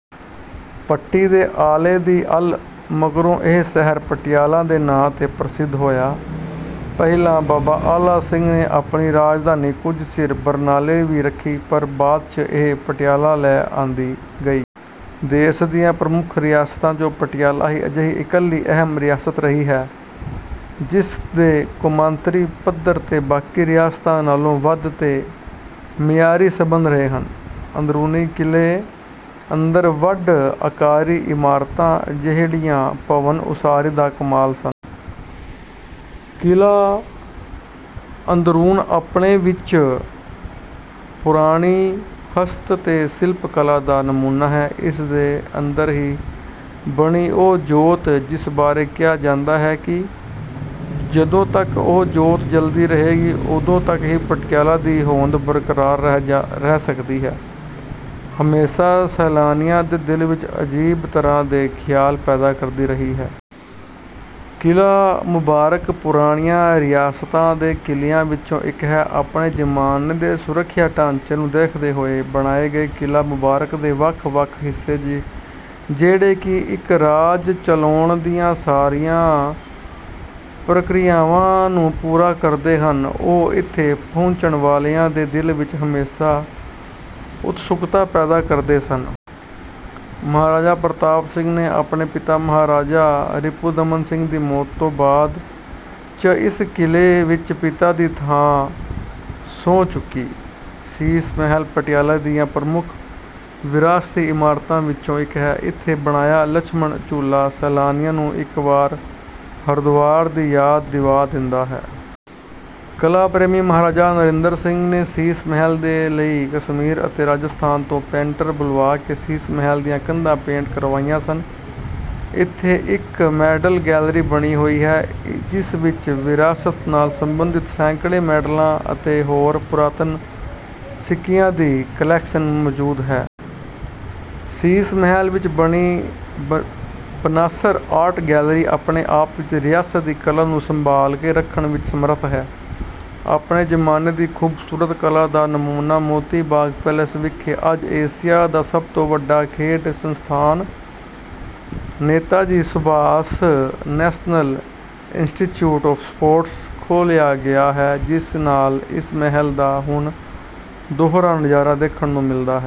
ਪੱਟੀ ਦੇ ਆਲੇ ਦੀ 'ਅੱਲ' ਮਗਰੋਂ ਇਹ ਸ਼ਹਿਰ ਪਟਿਆਲਾ ਦੇ ਨਾਂ 'ਤੇ ਪ੍ਰਸਿੱਧ ਹੋਇਆ। ਪਹਿਲਾਂ ਬਾਬਾ ਆਲਾ ਸਿੰਘ ਨੇ ਆਪਣੀ ਰਾਜਧਾਨੀ ਕੁਝ ਚਿਰ ਬਰਨਾਲੇ ਵੀ ਰੱਖੀ, ਪਰ ਬਾਅਦ 'ਚ ਇਹ ਪਟਿਆਲਾ ਲੈ ਆਂਦੀ ਗਈ। ਦੇਸ਼ ਦੀਆਂ ਪ੍ਰਮੱਖ ਰਿਆਸਤਾਂ 'ਚੋਂ ਪਟਿਆਲਾ ਹੀ ਅਜਿਹੀ ਇਕੱਲੀ ਅਹਿਮ ਰਿਆਸਤ ਰਹੀ ਹੈ, ਜਿਸ ਦੇ ਕੌਮਾਂਤਰੀ ਪੱਧਰ 'ਤੇ ਬਾਕੀ ਰਿਆਸਤਾਂ ਨਾਲੋਂ ਵੱਧ ਤੇ ਮਿਆਰੀ ਸਬੰਧ ਰਹੇ ਹਨ। ਅੰਦਰੂਨੀ ਕਿਲ੍ਹੇ ਅੰਦਰ ਵੱਡ ਆਕਾਰੀ ਇਮਾਰਤਾਂ, ਜਿਹੜੀਆਂ ਭਵਨ ਉਸਾਰੀ ਦਾ ਕਮਾਲ ਸਨ। ਕਿਲ੍ਹਾ ਅੰਦਰੂਨ ਆਪਣੇ ਆਪ ਵਿਚ ਪੁਰਾਣੀ ਹਸਤ ਤੇ ਸ਼ਿਲਪ ਕਲਾ ਦਾ ਨਮੂਨਾ ਹੈ। ਇਸ ਦੇ ਅੰਦਰ ਹੀ ਬਣੀ ਉਹ ਜੋਤ ਜਿਸ ਬਾਰੇ ਇਹ ਕਿਹਾ ਜਾਂਦਾ ਹੈ ਕਿ ਜਦੋਂ ਤੱਕ ਉਹ ਜੋਤ ਜਲਦੀ ਰਹੇਗੀ ਉਦੋਂ ਤੱਕ ਹੀ ਪਟਿਆਲਾ ਦੀ ਹੋਂਦ ਬਰਕਰਾਰ ਰਹਿ ਸਕਦੀ ਹੈ, ਹਮੇਸ਼ਾ ਸੈਲਾਨੀਆਂ ਦੇ ਦਿਲ ਵਿਚ ਅਜੀਬ ਤਰ੍ਹਾਂ ਦੇ ਖਿਆਲ ਪੈਦਾ ਕਰਦੀ ਰਹੀ ਹੈ। ਕਿਲ੍ਹਾ ਮੁਬਾਰਕ ਪੁਰਾਣੀਆਂ ਰਿਆਸਤਾਂ ਦੇ ਕਿਲ੍ਹਿਆਂ ਵਿਚੋਂ ਇੱਕ ਹੈ। ਆਪਣੇ ਜ਼ਮਾਨੇ ਦੇ ਸੁਰੱਖਿਆ ਢਾਂਚੇ ਨੂੰ ਦੇਖਦੇ ਹੋਏ ਬਣਾਏ ਗਏ ਕਿਲ੍ਹਾ ਮੁਬਾਰਕ ਦੇ ਵੱਖ ਵੱਖ ਹਿੱਸੇ ਜਿਹੜੇ ਕਿ ਇੱਕ ਰਾਜ ਚਲਾਉਣ ਦੀਆਂ ਸਾਰੀਆਂ ਪ੍ਰਕਿਰਿਆਵਾਂ ਨੂੰ ਪੂਰਾ ਕਰਦੇ ਹਨ, ਉਹ ਇਥੇ ਪਹੁੰਚਣ ਵਾਲਿਆਂ ਦੇ ਦਿਲ ਵਿਚ ਹਮੇਸ਼ਾ ਉਤਸੁਕਤਾ ਪੈਦਾ ਕਰਦੇ ਹਨ। ਮਹਾਰਾਜਾ ਪ੍ਰਤਾਪ ਸਿੰਘ ਨੇ ਆਪਣੇ ਪਿਤਾ ਮਹਾਰਾਜਾ ਰਿਪੁਦਮਨ ਸਿੰਘ ਦੀ ਮੌਤ ਤੋਂ ਬਾਅਦ 'ਚ ਇਸੇ ਕਿਲ੍ਹੇ ਵਿੱਚ ਪਿਤਾ ਦੀ ਥਾਂ ਸਹੁੰ ਚੁੱਕੀ। ਸ਼ੀਸ਼ ਮਹਿਲ ਪਟਿਆਲੇ ਦੀਆਂ ਪ੍ਰਮੁੱਖ ਵਿਰਾਸਤੀ ਇਮਾਰਤਾਂ ਵਿਚੋਂ ਇੱਕ ਹੈ। ਇਥੇ ਬਣਿਆ ਲਛਮਣ ਝੂਲਾ ਸੈਲਾਨੀਆਂ ਨੂੰ ਇੱਕ ਵਾਰ ਹਰਿਦੁਆਰ ਦੀ ਯਾਦ ਦਿਵਾ ਦਿੰਦਾ ਹੈ। ਕਲਾ ਪ੍ਰੇਮੀ ਮਹਾਰਾਜਾ ਨਰਿੰਦਰ ਸਿੰਘ ਨੇ ਸ਼ੀਸ਼ ਮਹਿਲ ਦੇ ਲਈ ਕਸ਼ਮੀਰ ਅਤੇ ਰਾਜਸਥਾਨ ਤੋਂ ਪੇਂਟਰ ਬੁਲਵਾ ਕੇ ਸ਼ੀਸ਼ ਮਹਿਲ ਦੀਆਂ ਕੰਧਾਂ ਪੇਂਟ ਕਰਵਾਈਆਂ ਸਨ। ਇਥੇ ਇੱਕ ਮੈਡਲ ਗੈਲਰੀ ਬਣੀ ਹੋਈ ਹੈ, ਜਿਸ ਵਿਚ ਵਿਰਾਸਤ ਨਾਲ ਸਬੰਧਿਤ ਸੈਂਕੜੇ ਮੈਡਲਾਂ ਅਤੇ ਹੋਰ ਪੁਰਾਤਨ ਸਿੱਕਿਆਂ ਦੀ ਕੁਲੈਕਸ਼ਨ ਮੌਜੂਦ ਹੈ। ਸ਼ੀਸ਼ ਮਹਿਲ ਵਿਚ ਬਣੀ ਬਨਾਸਰ ਆਰਟ ਗੈਲਰੀ ਆਪਣੇ ਆਪ ਵਿਚ ਰਿਆਸਤ ਦੀ ਕਲਾ ਨੂੰ ਸੰਭਾਲ ਕੇ ਰੱਖਣ ਵਿਚ ਸਮਰੱਥ ਹੈ। ਆਪਣੇ ਜ਼ਮਾਨੇ ਦੀ ਖੂਬਸੂਰਤ ਕਲਾ ਦਾ ਨਮੂਨਾ ਮੋਤੀ ਬਾਗ ਪੈਲੇਸ ਵਿਖੇ ਅੱਜ ਏਸ਼ੀਆ ਦਾ ਸਭ ਤੋਂ ਵੱਡਾ ਖੇਡ ਸੰਸਥਾਨ Netaji Subhas National Institute of Sports ਖੁੱਲ੍ਹਿਆ ਹੋਇਆ ਹੈ ਜਿਸ ਨਾਲ ਇਸ ਮਹਿਲ ਦਾ ਹੁਣ ਦੋਹਰਾ ਨਜ਼ਾਰਾ ਦੇਖਣ ਨੂੰ ਮਿਲਦਾ ਹੈ।